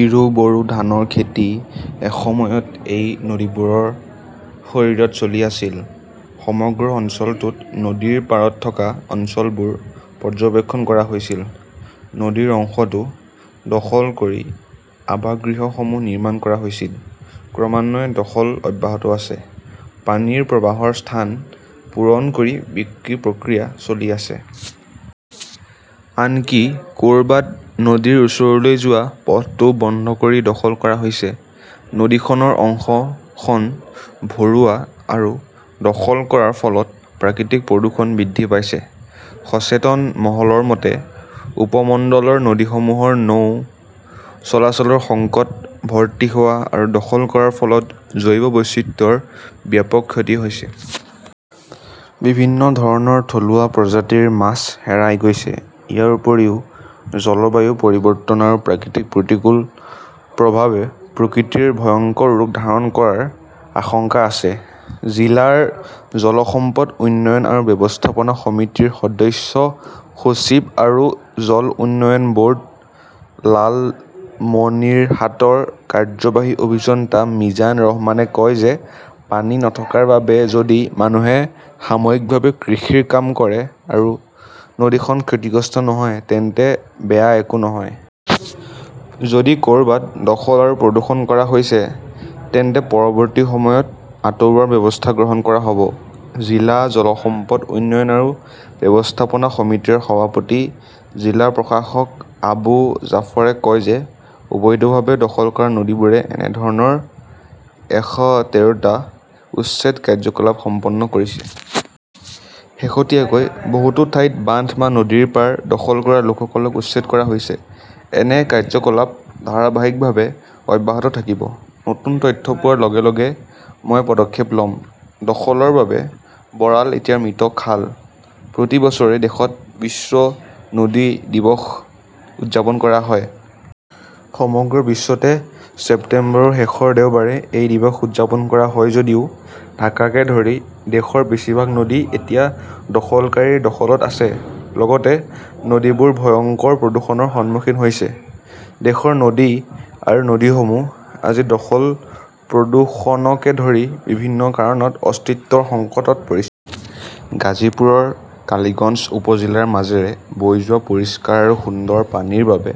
ইৰি-বৰো ধানৰ খেতি এসময়ত এই নদীবোৰৰ শৰীৰত চলি আছিল। সমগ্ৰ অঞ্চলটোত নদীৰ পাৰত থকা অঞ্চলবোৰ পৰ্যবেক্ষণ কৰা হৈছিল, নদীৰ অংশটো দখল কৰি আৱাসগৃহসমূহ নিৰ্মাণ কৰা হৈছিল। ক্ৰমান্বয়ে দখল অব্যাহত আছে। পানীৰ প্ৰবাহৰ স্থান পূৰণ কৰি বিক্ৰী প্ৰক্ৰিয়া চলি আছে। আনকি ক'ৰবাত নদীৰ ওচৰলৈ যোৱা পথটোও বন্ধ কৰি দখল কৰা হৈছে। নদীখনৰ অংশখন ভৰোৱা আৰু দখল কৰাৰ ফলত প্ৰাকৃতিক প্ৰদূষণ বৃদ্ধি পাইছে। সচেতন মহলৰ মতে, উপমণ্ডলৰ নদীসমূহৰ নৌ চলাচলৰ সংকট, ভৰ্তি হোৱা আৰু দখল কৰাৰ ফলত জৈৱ বৈচিত্ৰ্যৰ ব্যাপক ক্ষতি হৈছে। বিভিন্ন ধৰণৰ থলুৱা প্ৰজাতিৰ মাছ হেৰাই গৈছে। ইয়াৰ উপৰিও জলবায়ু পৰিৱৰ্তন আৰু প্ৰাকৃতিক প্ৰতিকূল প্ৰভাৱে প্ৰকৃতিৰ ভয়ংকৰ ৰূপ ধাৰণ কৰাৰ আশংকা আছে। জিলাৰ জল সম্পদ উন্নয়ন আৰু ব্যৱস্থাপনা সমিতিৰ সদস্য সচিব আৰু জল উন্নয়ন ব'ৰ্ড লালমনিৰহাটৰ কাৰ্যবাহী অভিযন্তা মিজান ৰহমানে কয় যে পানী নথকাৰ বাবে যদি মানুহে সাময়িকভাৱে কৃষিৰ কাম কৰে আৰু নদীখন ক্ষতিগ্ৰস্ত নহয় তেন্তে বেয়া একো নহয়। যদি ক'ৰবাত দখল আৰু প্ৰদূষণ কৰা হৈছে তেন্তে পৰৱৰ্তী সময়ত আঁতৰোৱাৰ ব্যৱস্থা গ্ৰহণ কৰা হব। জিলা জল সম্পদ উন্নয়ন আৰু ব্যৱস্থাপনা সমিতিৰ সভাপতি জিলা প্ৰশাসক আবু জাফৰে কয় যে অবৈধভাৱে দখল কৰা নদীবোৰে এনে ধৰণৰ "এশ তেৰ টা" উচ্ছেদ কাৰ্যকলাপ সম্পন্ন কৰিছে। শেহতীয়াকৈ বহুতো ঠাইত বান্ধ বা নদীৰ পাৰ দখল কৰা লোকসকলক উচ্ছেদ কৰা হৈছে। এনে কাৰ্যকলাপ ধাৰাবাহিকভাৱে অব্যাহত থাকিব। নতুন তথ্য পোৱাৰ লগে লগে মই পদক্ষেপ লম। দখলৰ বাবে বৰাল এতিয়া মৃত খাল। প্ৰতি বছৰে দেশত বিশ্ব নদী দিৱস উদযাপন কৰা হয়। সমগ্ৰ বিশ্বতে ছেপ্টেম্বৰৰ শেষৰ দেওবাৰে এই দিৱস উদযাপন কৰা হয় যদিও ঢাকাকে ধৰি দেশৰ বেছিভাগ নদী এতিয়া দখলকাৰীৰ দখলত আছে। লগতে নদীবোৰ ভয়ংকৰ প্ৰদূষণৰ সন্মুখীন হৈছে । দেশৰ নদী আৰু নদীসমূহ আজি দখল-প্ৰদূষণকে ধৰি বিভিন্ন কাৰণত অস্তিত্বৰ সংকটত পৰিছে। গাজীপুৰৰ কালিগঞ্জ উপ-জিলাৰ মাজেৰে বৈ যোৱা পৰিষ্কাৰ আৰু সুন্দৰ পানীৰ বাবে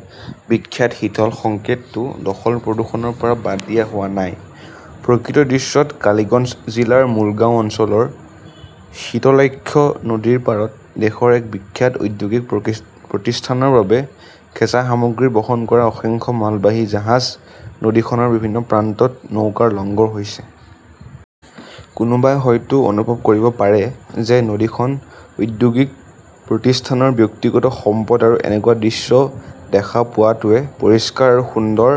বিখ্যাত শীতল সংকেতটো দখল-প্ৰদূষণৰ পৰা বাদ দিয়া হোৱা নাই। প্ৰকৃত দৃশ্যত, কালিগঞ্জ জিলাৰ মূলগাঁও অঞ্চলৰ শীতলাক্ষ্যা নদীৰ পাৰত দেশৰ এক বিখ্যাত ঔদ্যোগিক প্ৰতিষ্ঠানৰ বাবে কেঁচা সামগ্ৰী বহন কৰা অসংখ্য মালবাহী জাহাজ নদীখনৰ বিভিন্ন প্ৰান্তত নৌকাৰ লঙ্গৰ হৈছে। কোনোবাই হয়তো অনুভৱ কৰিব পাৰে যে নদীখন ঔদ্যোগিক প্ৰতিষ্ঠানৰ ব্যক্তিগত সম্পদ আৰু এনেকুৱা দৃশ্য দেখা পোৱাটোৱে পৰিষ্কাৰ আৰু সুন্দৰ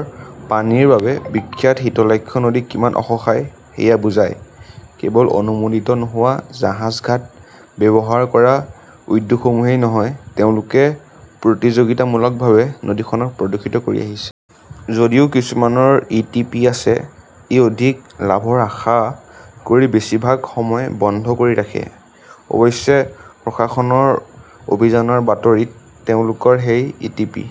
পানীৰ বাবে বিখ্যাত শীতলাক্ষ্যা নদী কিমান অসহায় সেয়া বুজাই। কেৱল অনুমোদিত নোহোৱা জাহাজ ঘাট ব্যৱহাৰ কৰা উদ্যোগসমূহেই নহয়, তেওঁলোকে প্ৰতিযোগিতামূলকভাৱে নদীখনক প্ৰদূষিত কৰি আহিছে। যদিও কিছুমানৰ ই. টি. পি. আছে, ই অধিক লাভৰ আশা কৰি বেছিভাগ সময় বন্ধ কৰি ৰাখে। অৱশ্যে, প্ৰশাসনৰ অভিযানৰ বাতৰিত তেওঁলোকৰ সেই ই.টি. পি.